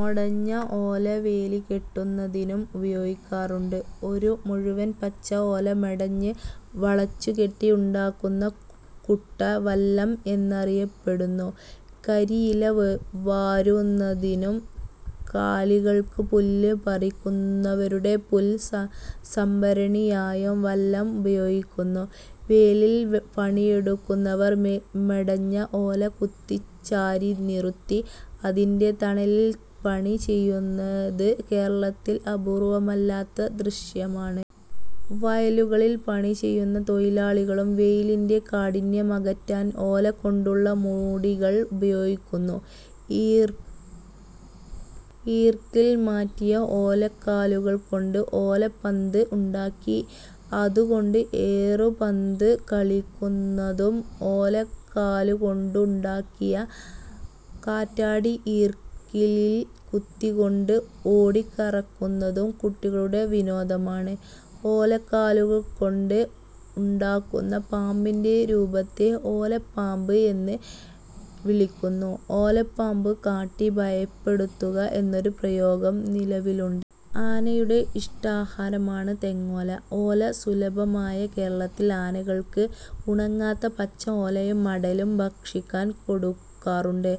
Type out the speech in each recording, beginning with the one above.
മെടഞ്ഞ ഓല വേലി കെട്ടുന്നതിനും ഉപയോഗിക്കാറുണ്ട്. ഒരു മുഴുവൻ പച്ച ഓല മെടഞ്ഞ് വളച്ചുകെട്ടി ഉണ്ടാക്കുന്ന കുട്ട വല്ലം എന്നറിയപ്പെടുന്നു. കരിയില വാരുന്നതിനും കാലികൾക്ക് പുല്ല് പറിക്കുന്നവരുടെ പുൽ സംഭരണിയായും വല്ലം ഉപയോഗിക്കുന്നു. വെയിലിൽ പണിയെടുക്കുന്നവർ മെടഞ്ഞ ഓല കുത്തിച്ചാരി നിറുത്തി അതിന്റെ തണലിൽ പണി ചെയ്യുന്നത് കേരളത്തിൽ അപൂർവ്വമല്ലാത്ത ദൃശ്യമാണ്. വയലുകളിൽ പണിചെയ്യുന്ന തൊഴിലാളികളും വെയിലിന്റെ കാഠിന്യമകറ്റാൻ ഓലകൊണ്ടുള്ള മൂടികൾ ഉപയോഗിക്കുന്നു. ഈർക്കിൽ മാറ്റിയ ഓലക്കാലുകൾ കൊണ്ട് ഓലപ്പന്ത് ഉണ്ടാക്കി അതുകൊണ്ട് ഏറുപന്ത് കളിക്കുന്നതും ഓലക്കാലുകൊണ്ടുണ്ടാക്കിയ കാറ്റാടി ഈർക്കിലിൽ കുത്തിക്കൊണ്ട് ഓടിക്കറക്കുന്നതും കുട്ടികളുടെ വിനോദമാണ്. ഓലക്കാലുകൊണ്ട് ഉണ്ടാക്കുന്ന പാമ്പിന്റെ രൂപത്തെ ഓലപ്പാമ്പ് എന്ന് വിളിക്കുന്നു. 'ഓലപ്പാമ്പ് കാട്ടി ഭയപ്പെടുത്തുക' എന്നൊരു പ്രയോഗം നിലവിലുണ്ട്. ആനയുടെ ഇഷ്ടാഹാരമാണ് തെങ്ങോല. ഓല സുലഭമായ കേരളത്തിൽ ആനകൾക്ക് ഉണങ്ങാത്ത പച്ച ഓലയും മടലും ഭക്ഷിക്കാൻ കൊടുക്കാറുണ്ട്.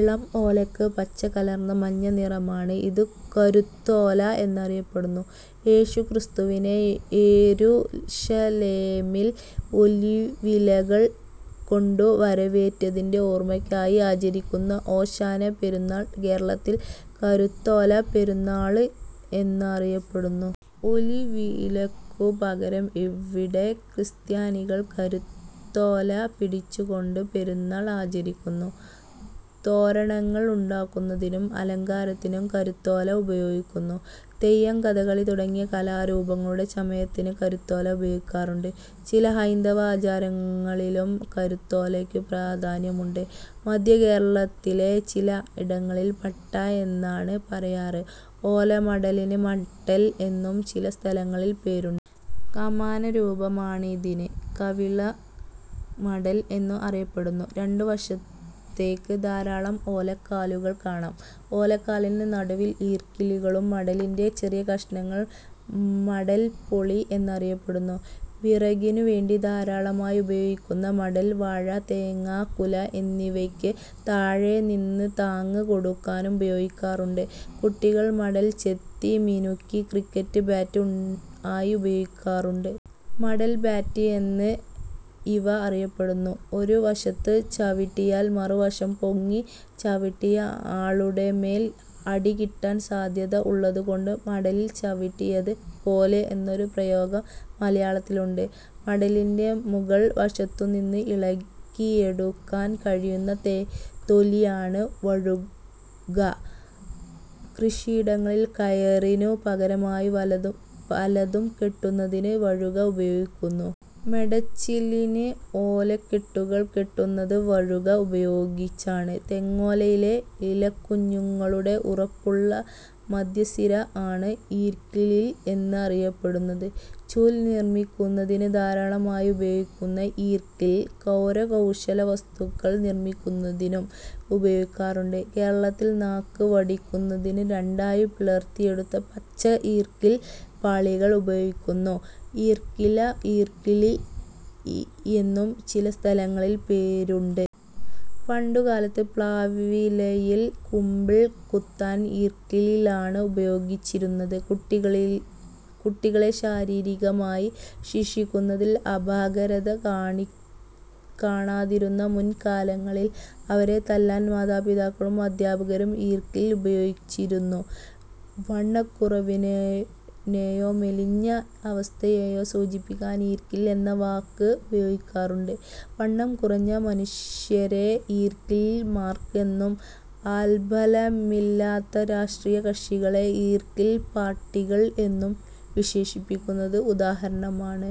ഇളം ഓലക്ക് പച്ചകലർന്ന മഞ്ഞ നിറമാണ്. ഇത് കുരുത്തോല എന്നറിയപ്പെടുന്നു. യേശുക്രിസ്തുവിനെ യെരുശലേമിൽ ഒലിവിലകൾ കൊണ്ടു വരവേറ്റതിന്റെ ഓർമ്മക്കായി ആചരിക്കുന്ന ഓശാന പെരുനാൾ കേരളത്തിൽ കുരുത്തോല പെരുനാള് എന്നറിയപ്പെടുന്നു. ഒലിവിലക്കു പകരം ഇവിടെ ക്രിസ്ത്യാനികൾ കുരുത്തോല പിടിച്ചുകൊണ്ട് പെരുനാൾ ആചരിക്കുന്നു. തോരണങ്ങൾ ഉണ്ടാക്കുന്നതിനും അലങ്കാരത്തിനും കുരുത്തോല ഉപയോഗിക്കുന്നു. തെയ്യം, കഥകളി തുടങ്ങിയ കലാരൂപങ്ങളുടെ ചമയത്തിന് കുരുത്തോല ഉപയോഗിക്കാറുണ്ട്. ചില ഹൈന്ദവ ആചാരങ്ങളിലും കുരുത്തോലക്കു പ്രാധാന്യമുണ്ട്. മധ്യകേരളത്തിലെ ചില ഇടങ്ങളിൽ പട്ട എന്നാണ് പറയാറ്. ഓലമടലിന് മട്ടൽ എന്നും ചിലസ്ഥലങ്ങളിൽ പേരുണ്ട്. കമാന രൂപമാണിതിന്, കവിള മടൽ എന്നും അറിയപ്പെടുന്നു. രണ്ടു വശത്തെക്ക് ധാരാളം ഓലക്കാലുകൾ കാണാം. ഓലക്കാലിന് നടുവിൽ ഈർക്കിലുകളും. മടലിന്റെ ചെറിയ കഷണങ്ങൾ മടൽപ്പൊളി എന്നറിയപ്പെടുന്നു. വിറകിനുവേണ്ടി ധാരാളമായി ഉപയോഗിക്കുന്ന മടൽ, വാഴ, തേങ്ങാക്കുല എന്നിവയ്ക്ക് താഴെനിന്ന് താങ്ങ് കൊടുക്കാനും ഉപയോഗിക്കാറുണ്ട്. കുട്ടികൾ മടൽ ചെത്തിമിനുക്കി ക്രിക്കറ്റ് ബാറ്റ് ആയി ഉപയോഗിക്കാറുണ്ട്. മടൽ ബാറ്റ് എന്ന് ഇവ അറിയപ്പെടുന്നു. ഒരു വശത്ത് ചവിട്ടിയാൽ മറുഭാഗം പൊങ്ങി ചവിട്ടിയ ആളുടെ മേൽ അടികിട്ടാൻ സാധ്യത ഉള്ളത് കൊണ്ട് മടലിൽ ചവിട്ടിയത് പോലെ എന്നൊരു പ്രയോഗം മലയാളത്തിലുണ്ട്. മടലിന്റെ മുകൾ വശത്തുനിന്ന് ഇളക്കിയെടുക്കാൻ കഴിയുന്ന തൊലിയാണ് വഴുക. കൃഷിയിടങ്ങളിൽ കയറിനു പകരമായി പലതും കെട്ടുന്നതിന് വഴുക ഉപയോഗിക്കുന്നു. മെടച്ചിലിന് ഓലക്കെട്ടുകൾ കെട്ടുന്നത് വഴുക ഉപയോഗിച്ചാണ്. തെങ്ങോലയിലെ ഇലക്കുഞ്ഞുങ്ങളുടെ ഉറപ്പുള്ള മധ്യസിര ആണ് ഈർക്കിൽ എന്ന് അറിയപ്പെടുന്നത്. ചൂൽ നിർമ്മിക്കുന്നതിന് ധാരാളമായി ഉപയോഗിക്കുന്ന ഈർക്കിൽ, കരകൗശലവസ്തുക്കൾ നിർമ്മിക്കുന്നതിനും ഉപയോഗിക്കാറുണ്ട്. കേരളത്തിൽ നാക്ക് വടിക്കുന്നതിന് രണ്ടായി പിളർന്നെടുത്ത പച്ച ഈർക്കിൽ പാളികൾ ഉപയോഗിക്കുന്നു. ഈർക്കില, ഈർക്കിലി എന്നും ചില സ്ഥലങ്ങളിൽ പേരുണ്ട്. പണ്ടുകാലത്ത് പ്ലാവിലയിൽ കുമ്പിൾ കുത്താൻ ഈർക്കിലാണ് ഉപയോഗിച്ചിരുന്നത്. കുട്ടികളെ ശാരീരികമായി ശിക്ഷിക്കുന്നതിൽ അപാകത കാണാതിരുന്ന മുൻകാലങ്ങളിൽ അവരെ തല്ലാൻ മാതാപിതാക്കളും അദ്ധ്യാപകരും ഈർക്കിൽ ഉപയോഗിച്ചിരുന്നു. വണ്ണക്കുറവിനെയോ മെലിഞ്ഞ അവസ്ഥയേയോ സൂചിപ്പിക്കാൻ ഈർക്കിൽ എന്ന വാക്ക് ഉപയോഗിക്കാറുണ്ട്. വണ്ണംകുറഞ്ഞ മനുഷ്യരെ ഈർക്കിൽ മാർക്ക് എന്നും ആൾബലമില്ലാത്ത രാഷ്ട്രീയകക്ഷികളെ ഈർക്കിൽ പാർട്ടികൾ എന്നും വിശേഷിപ്പിക്കുന്നത് ഉദാഹരണമാണ്.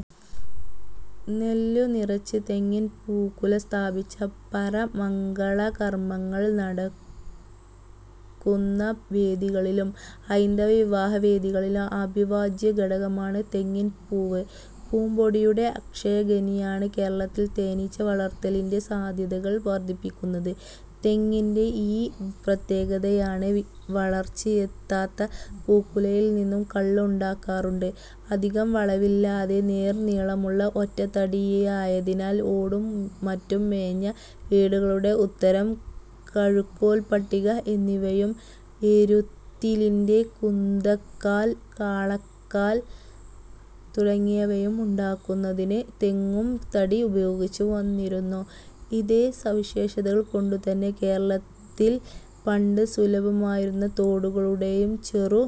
നെല്ലു നിറച്ച് തെങ്ങിൻ പൂക്കുല സ്ഥാപിച്ച പറ മംഗളകർമ്മങ്ങൾ നടക്കുന്ന വേദികളിലും, ഹൈന്ദവ വിവാഹ വേദികളിലും അവിഭാജ്യ ഘടകമാണ്. തെങ്ങിൻ പൂവ് പൂമ്പൊടിയുടെ അക്ഷയ ഖനിയാണ്. കേരളത്തിൽ തേനീച്ച വളർത്തലിന്റെ സാധ്യതകൾ വർദ്ധിപ്പിക്കുന്നത് തെങ്ങിന്റെ ഈ പ്രത്യേകതയാണ്. വളർച്ചയെത്താത്ത പൂക്കുലയിൽ നിന്നും കള്ള് ഉണ്ടാക്കാറുണ്ട്. അധികം വളവില്ലാതെ നേർ നീളമുള്ള ഒറ്റത്തടിയായതിനാൽ ഓടും മറ്റും മേഞ്ഞ വീടുകളുടെ ഉത്തരം, കഴുക്കോൽ, പട്ടിക എന്നിവയും, എരുത്തിലിന്റെ കുന്തക്കാൽ, കാളക്കാൽ തുടങ്ങിയവയും ഉണ്ടാക്കുന്നതിന് തെങ്ങും തടി ഉപയോഗിച്ചു വന്നിരുന്നു. ഇതേ സവിശേഷതകൾ കൊണ്ടുതന്നെ കേരളത്തിൽ പണ്ട് സുലഭമായിരുന്ന തോടുകളുടെയും ചെറു